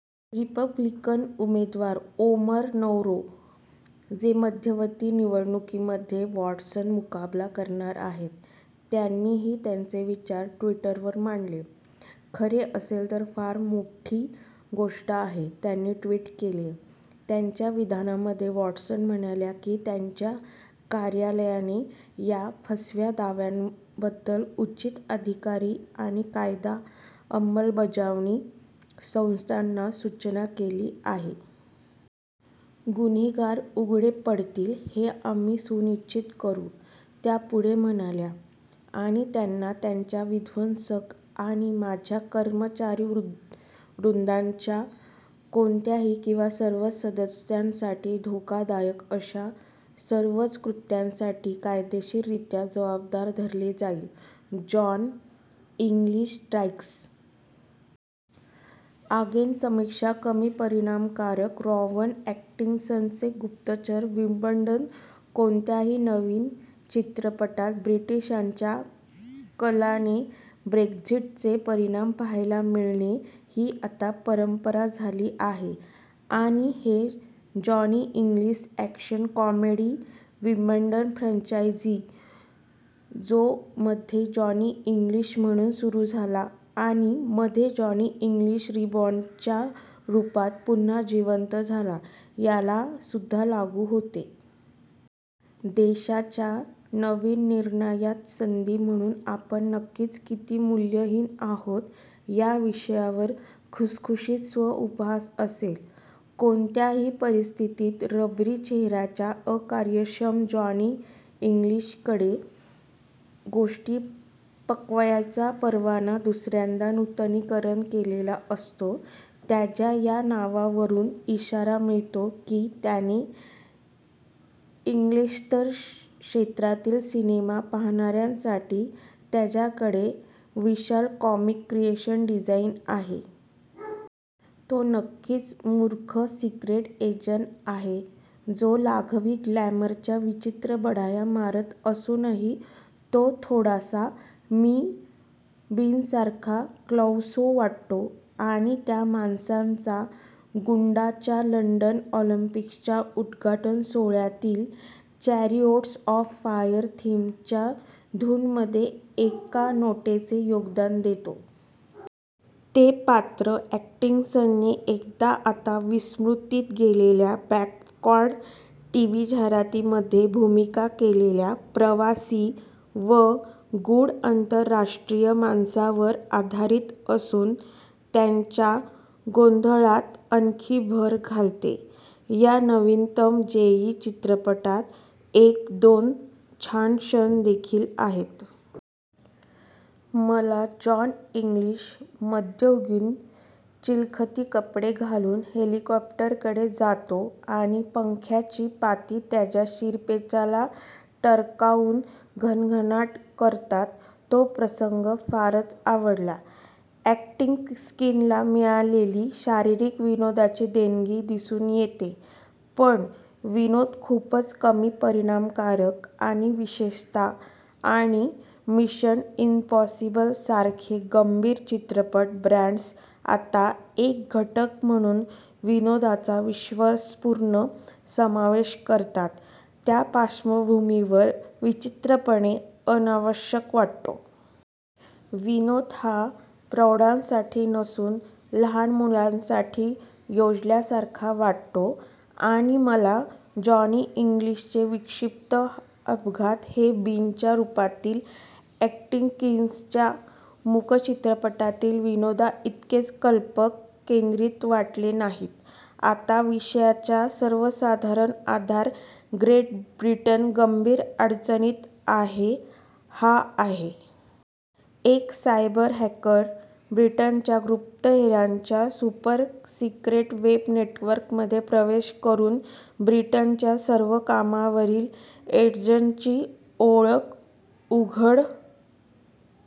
Republican उमेदवार Omar Navarro, जे मध्यावधी निवडणूकांमध्ये वाटर्सचा मुकाबला करणार आहेत, त्यांनीही त्यांचे विचार ट्विटरवर मांडले. "खरे असेल तर फार मोठी गोष्ट आहे," त्यांनी ट्विट केले. त्यांच्या विधानामध्ये वॉटर्स म्हणाल्या की त्यांच्या कार्यालयाने "या फसव्या दाव्यांबद्दल उचित अधिकारी आणि कायदा अंमलबजावणी संस्थांना सूचित केले आहे. "गुन्हेगार उघडे पडतील हे आम्ही सुनिश्चित करू," त्या पुढे म्हणाल्या, "आणि त्यांना त्यांच्या विध्वंसक आणि माझ्या कर्मचारीवृंदाच्या कोणत्याही किंवा सर्वच सदस्यांसाठी धोकादायक अशा सर्वच कृत्यांसाठी कायदेशीररित्या जबाबदार धरले जाईल. " जॉन इंग्लिश स्ट्राइक्स अगेन समीक्षा कमी परिणामकारक रोवॅन अॅटकिन्सनचे गुप्तचर विडंबन कोणत्याही नवीन चित्रपटात ब्रिटिशांच्या कलाने ब्रेक्झिटचे परिणाम पहायला मिळणे ही आता परंपरा झाली आहे आणि हे जॉनी इंग्लिश अॅक्शन-कॉमेडी विडंबन फ्रँचाइज जो मध्ये जॉनी इंग्लिश म्हणून सुरु झाला आणि मध्ये जॉनी इंग्लिश रिबॉर्नच्या रूपात पुन्हा जीवंत झाला, याला सुद्धा लागू होते. देशाच्या नवीन निर्यात संधी म्हणून आपण नक्कीच किती मूल्यहीन आहोत या विषयावर खुसखुशीत स्व-उपहास असेल? कोणत्याही परिस्थितीत, रबरी चेहऱ्याच्या अकार्यक्षम जॉनी इंग्लिशकडे गोष्टी पकवायचा परवाना दुसऱ्यांदा नूतनीकरण केलेला असतो त्याच्या त्या नावावरून इशारा मिळतो की त्याने इंग्लिशेतर क्षेत्रांतील सिनेमा पाहणाऱ्यांसाठी त्याच्याकडे विशाल कॉमिक क्रिएशन डिझाइन आहे. तो नक्कीच मूर्ख सिक्रेट एजंट आहे जो लाघवी ग्लॅमरच्या विचित्र बढाया मारत असूनही तो थोडासा मि. बीनसारखा क्लाउसो वाटतो आणि त्या माणसाचा गुंड च्या लंडन ऑलिंपिक्सच्या उद्घाटन सोहळ्यातील चॅरिऑट्स ऑफ फायर थीम च्या धूनमध्ये एका नोटचे योगदान देतो. ते पात्र अॅटकिन्सनने एकदा आता विस्मृतीत गेलेल्या बार्क्लेकार्ड टीव्ही जाहिरातींमध्ये भूमिका केलेल्या प्रवासी व गूढ आंतरराष्ट्रीय माणसावर आधारित असून त्याच्या गोंधळात आणखी भर घालते. या नवीनतम जेई चित्रपटात एक-दोन छान क्षण देखील आहेत. मला जॉन इंग्लिश मध्ययुगीन चिलखती कपडे घालून हेलिकॉप्टरकडे जातो आणि पंख्यांची पाती त्याच्या शिरपेचाला टकरावून घणघणाट करतात तो प्रसंग फारच आवडला. अॅटकिन्सला मिळालेली शारीरिक विनोदाची देणगी दिसून येते पण, विनोद खूपच कमी परिणामकारक आणि विशेषतः आणि मिशन इम्पॉसिबल सारखे "गंभीर" चित्रपट ब्रँड्स आता एक घटक म्हणून विनोदाचा विश्वासपूर्ण समावेश करतात त्या पार्श्वभूमीवर विचित्रपणे अनावश्यक वाटतो. विनोद हा प्रौढांसाठी नसून लहान मुलांसाठी योजल्यासारखा वाटतो आणि मला जॉनी इंग्लिशचे विक्षिप्त अपघात हे बीनच्या रूपातील अॅटकिन्सनच्या मूक-चित्रपटातील विनोदांइतके कल्पक आणि केंद्रित वाटले नाहीत. आता विषयाचा सर्वसाधारण आधार ग्रेट ब्रिटन गंभीर अडचणीत आहे हा आहे. एक सायबर-हॅकर ब्रिटनच्या गुप्तहेरांच्या सुपर-सिक्रेट वेब नेटवर्कमध्ये प्रवेश करून ब्रिटनच्या सर्व कामावरील एजंट्सची ओळख उघड